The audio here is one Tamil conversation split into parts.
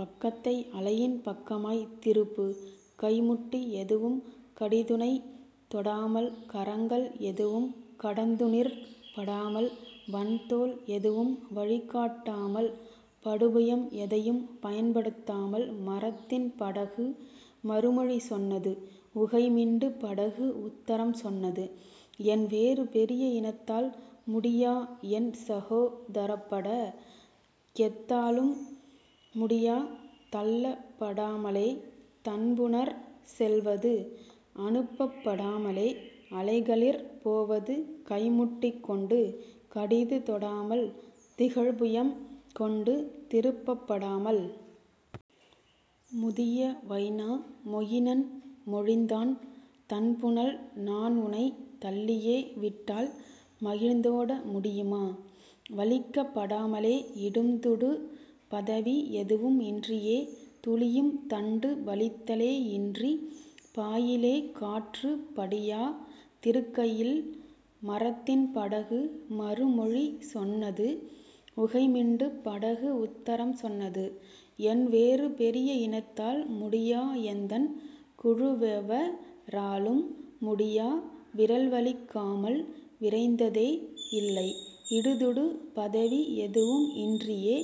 பக்கத்தை அலையின் பக்கமாய் திருப்பு கைமுட்டி எதுவும் கடிதுனைத் தொடாமல் கரங்கள் எதுவும் கடந்துனிற் படாமல் வன்தோள் எதுவும் வழிகாட் டாமல் படுபுயம் எதையும் பயன்படுத் தாமல். " மரத்தின் படகு மறுமொழி சொன்னது உகைமிண்டுப் படகு உத்தரம் சொன்னது: "என்வேறு பெரிய இனத்தால் முடியா என்சகோ தரப்பட கெதாலும் முடியா தள்ளப் படாமலே தண்புனற் செல்வது அனுப்பப் படாமலே அலைகளிற் போவது கைமுட்டி கொண்டு கடிது தொடாமல் திகழ்புயம் கொண்டு திருப்பப் படாமல். " முதிய வைனா மொயினன் மொழிந்தான்: "தண்புனல் நான்உனைத் தள்ளியே விட்டால் மகிழ்ந்தோட முடியுமா வலிக்கப் படாமலே இடும்துடுப் புதவி எதுவும் இன்றியே துளியும் தண்டு வலித்தலே யின்றி பாயிலே காற்றுப் படியா திருக்கையில்? " மரத்தின் படகு மறுமொழி சொன்னது உகைமிண்டுப் படகு உத்தரம் சொன்னது: "என்வேறு பெரிய இனத்தால் முடியா எந்தன் குழுவெவ ராலும் முடியா விரல்வலிக் காமல் விரைந்ததே யில்லை இடுதுடுப் புதவி எதுவும் இன்றியே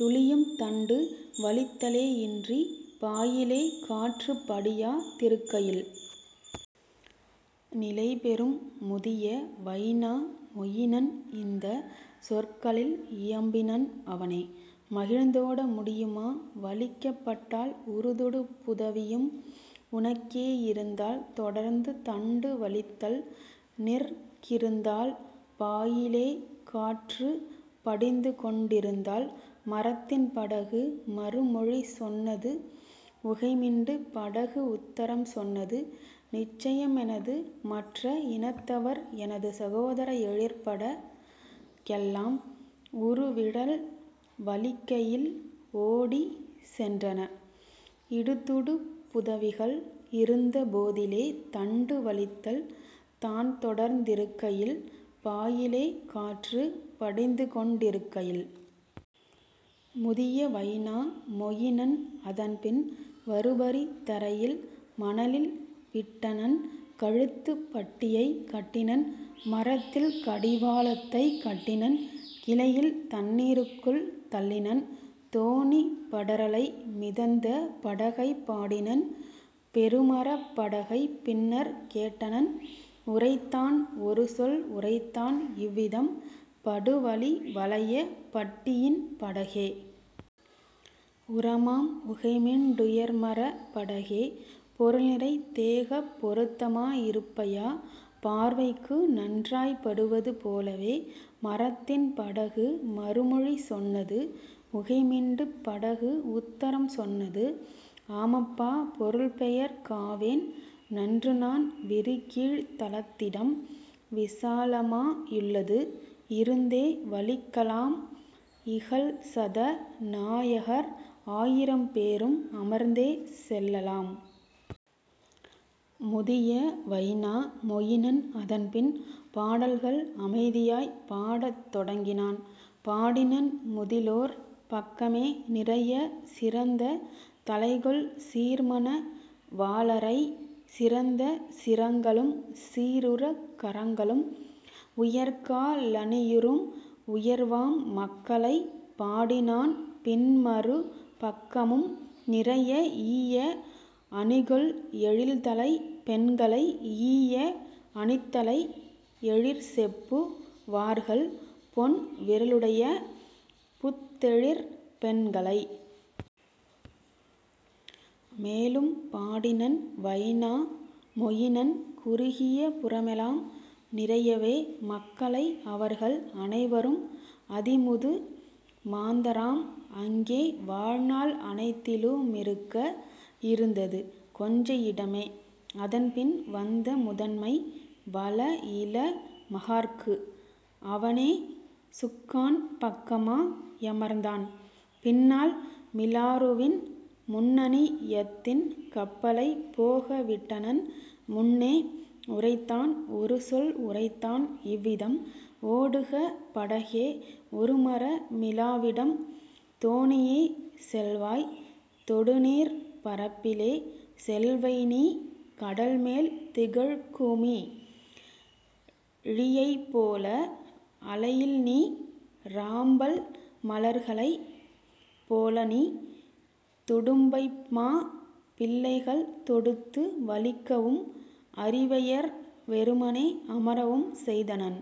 துளியும் தண்டு வலித்தலே யின்றி பாயிலே காற்றுப் படியா திருக்கையில். " நிலைபெறும் முதிய வைனா மொயினன் இந்தச் சொற்களில் இயம்பினன் அவனே: "மகிழ்ந்தோட முடியுமா வலிக்கப் பட்டால் உறுதுடுப் புதவியும் உனக்கே யிருந்தால் தொடர்ந்து தண்டு வலித்தல் நிற் கிருந்தால் பாயிலே காற்றுப் படிந்துகொண் டிருந்தால்? " மரத்தின் படகு மறுமொழி சொன்னது உகைமிண்டுப் படகு உத்தரம் சொன்னது: "நிச்சயம் எனது மற்ற இனத்தவர் எனது சகோதர எழிற்பட கெல்லாம் உறுவிரல் வலிக்கையில் ஓடிச் சென்றன இடுத்துடுப் புதவிகள் இருந்த போதிலே தண்டு வலித்தல் தான்தொடர்ந் திருக்கையில் பாயிலே காற்றுப் படிந்துகொண் டிருக்கையில். " முதிய வைனா மொயினன் அதன்பின் வருபரி தரையில் மணலில் விட்டனன் கழுத்துப் பட்டியை கட்டினன் மரத்தில் கடிவா ளத்தைக் கட்டினன் கிளையில் தண்ணீ ருக்குள் தள்ளினன் தோணி படரலை மிதந்த படகைப் பாடினன் பெருமரப் படகைப் பின்னர் கேட்டனன் உரைத்தான் ஒருசொல் உரைத்தான் இவ்விதம்: "படுவலி வளையப் பட்டியின் படகே! உரமாம் உகைமிண் டுயர்மரப் படகே! பொருள்நிறைத் தேகப் பொருத்தமா யிருப்பையா பார்வைக்கு நன்றாய்ப் படுவது போலவே? " மரத்தின் படகு மறுமொழி சொன்னது உகைமிண்டுப் படகு உத்தரம் சொன்னது: "ஆமப்பா பொருள்பெயற் காவேன் நன்றுநான் விரிகீழ்த் தளத்திடம் விசாலமா யுள்ளது இருந்தே வலிக்கலாம் இகல்சத நாயகர் ஆயிரம் பேரும் அமர்ந்தே செல்லலாம். " முதிய வைனா மொயினன் அதன்பின் பாடல்கள் அமைதியாய்ப் பாடத் தொடங்கினான், பாடினன் முதலிலோர் பக்கமே நிறைய சிறந்த தலைகொள் சீர்மண வாளரை, சிறந்த சிரங்களும் சீருரக் கரங்களும் உயர்கா லணியுறும் உயர்வாம் மக்களை; பாடினான் பின்மறு பக்கமும் நிறைய ஈய அணிகொள் எழில்தலைப் பெண்களை, ஈய அணித்தலை, எழிற்செப்பு வார்கள், பொன் விரலுடைய புத்தெழிற் பெண்களை. மேலும் பாடினன் வைனா மொயினன் குறுகிய புறமெலாம் நிறையவே மக்களை அவர்கள் அனைவரும் அதிமுது மாந்தராம் அங்கே வாழ்நாள் அனைத்திலு மிருக்க இருந்தது கொஞ்ச இடமே அதன்பின் வந்த முதன்மை வளஇள மகார்க்கு. அவனே சுக்கான் பக்கமா யமர்ந்தான் பின்னால் மிலாறுவின் முன்னணி யத்தின் கப்பலைப் போக விட்டனன் முன்னே உரைத்தான் ஒருசொல் உரைத்தான் இவ்விதம்: "ஓடுக படகே, ஒருமர மிலாவிடம், தோணியே, செல்வாய் தொடுநீர்ப் பரப்பிலே, செல்வைநீ கடல்மேல் திகழ்குமி ழியைப்போல அலையில்நீ ராம்பல் மலர்களைப் போலநீ! " துடுப்பைமாப் பிள்ளைகள் தொடுத்து வலிக்கவும் அரிவையர் வெறுமனே அமரவும் செய்தனன்;